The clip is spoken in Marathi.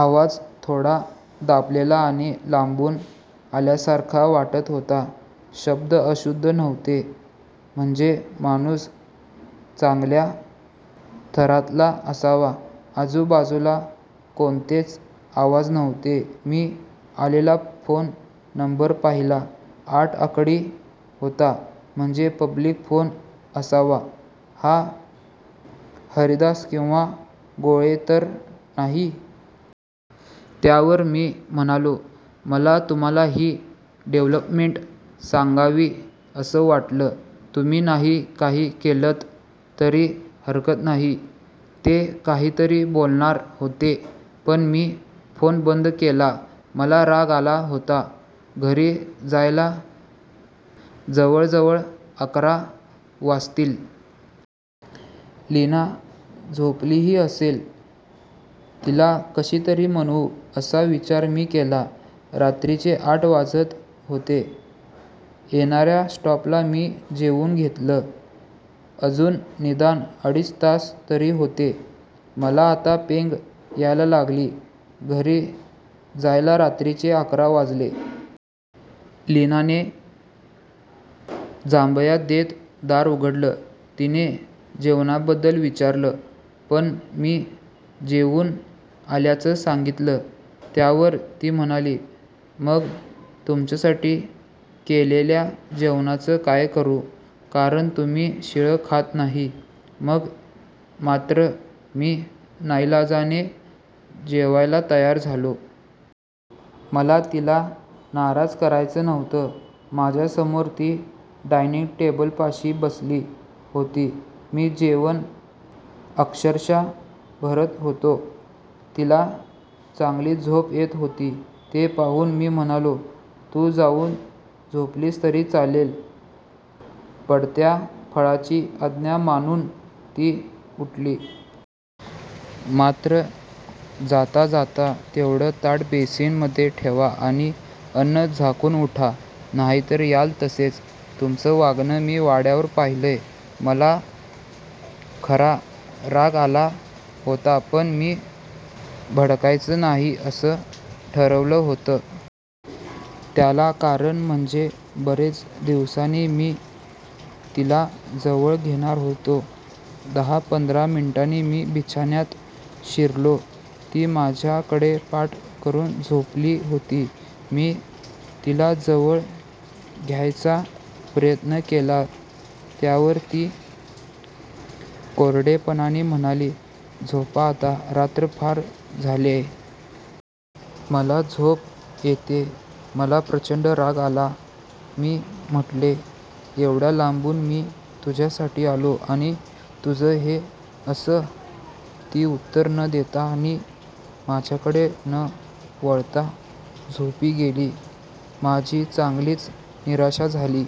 आवाज थोडा दाबलेला आणि लांबून आल्यासारखा वाटत होता. शब्द अशुद्ध नव्हते. म्हणजे माणूस चांगल्या थरातला असावा. आजूबाजूला कोणतेच आवाज नव्हते. मी आलेला फोन नंबर पाहिला. आठ आकडी होता. म्हणजे पब्लिक फोन असावा. हा हरिदास, किंवा गोळे तर नाही? " त्यावर मी म्हणालो," मला तुम्हाला ही डेव्हलपमेंट सांगावी असं वाटलं. तुम्ही नाही काही केलंत तरी हरकत नाही". ते काहीतरी बोलणार होते. पण मी फोन बंद केला. मला राग आला होता.घरी जायला जवळजवळ अकरा वाजतील. लीना झोपलीही असेल. तिला कशी तरी मनवू. असा विचार मी केला. रात्रीचे आठ वाजत होते. येणाऱ्या स्टॉपला मी जेवून घेतलं. अजून निदान अडीच तास तरी होते. मला आता पेंग यायला लागली. घरी जायला रात्रीचे अकरा वाजले. लीनाने जांभया देत दार उघडलं. तिनी जेवणाबद्दल विचारलं. पण मी जेऊन आल्याचं सांगितलं. त्यावर ती म्हणाली," मग तुमच्यासाठी केलेल्या जेवणाचं काय करु? कारण तुम्ही शिळं खात नाही". मग मात्र मी नाईलाजाने जेवायला तयार झालो. मला तिला नाराज करायचं नव्हतं. माझ्यासमोर ती डायनिंग टेबलापाशी बसली होती. मी जेवण अक्षरशः भरत होतो. तिला चांगलीच झोप येत होती. ते पाहून मी म्हणालो," तू जाऊन झोपलीस तरी चालेल. " पडत्या फळाची आज्ञा मानून ती उठली. मात्र जाता जाता," तेवढं ताट बेसिन मधे ठेवा आणि अन्न झाकून उठा. नाही तर याल तसेच. तुमचं वागणं मी वाड्यावर पाहिलंय. " मला खरा राग आला होता, पण मी भडकायचं नाही असं ठरवलं होतं. त्याला कारण म्हणजे बरेच दिवसांनी मी तिला जवळ घेणार होतो. दहा पंधरा मिनिटांनी मी बिछान्यात शिरलो. ती माझ्या कडे पाठ करून झोपली होती. मी तिला जवळ घ्यायचा प्रयत्न केला त्यावर ती कोरडेपणानी म्हणाली," झोपा आता, रात्र फार झालिये. मला झोप येतीये " मला प्रचंड राग आला. मी म्हंटले " एवढ्या लांबून मी तुझ्या साठी आलो. आणि तुझं हे असं " ती उत्तर न देता आणि माझ्याकडे न वळता झोपी गेली. माझी चांगलीच निराशा झाली.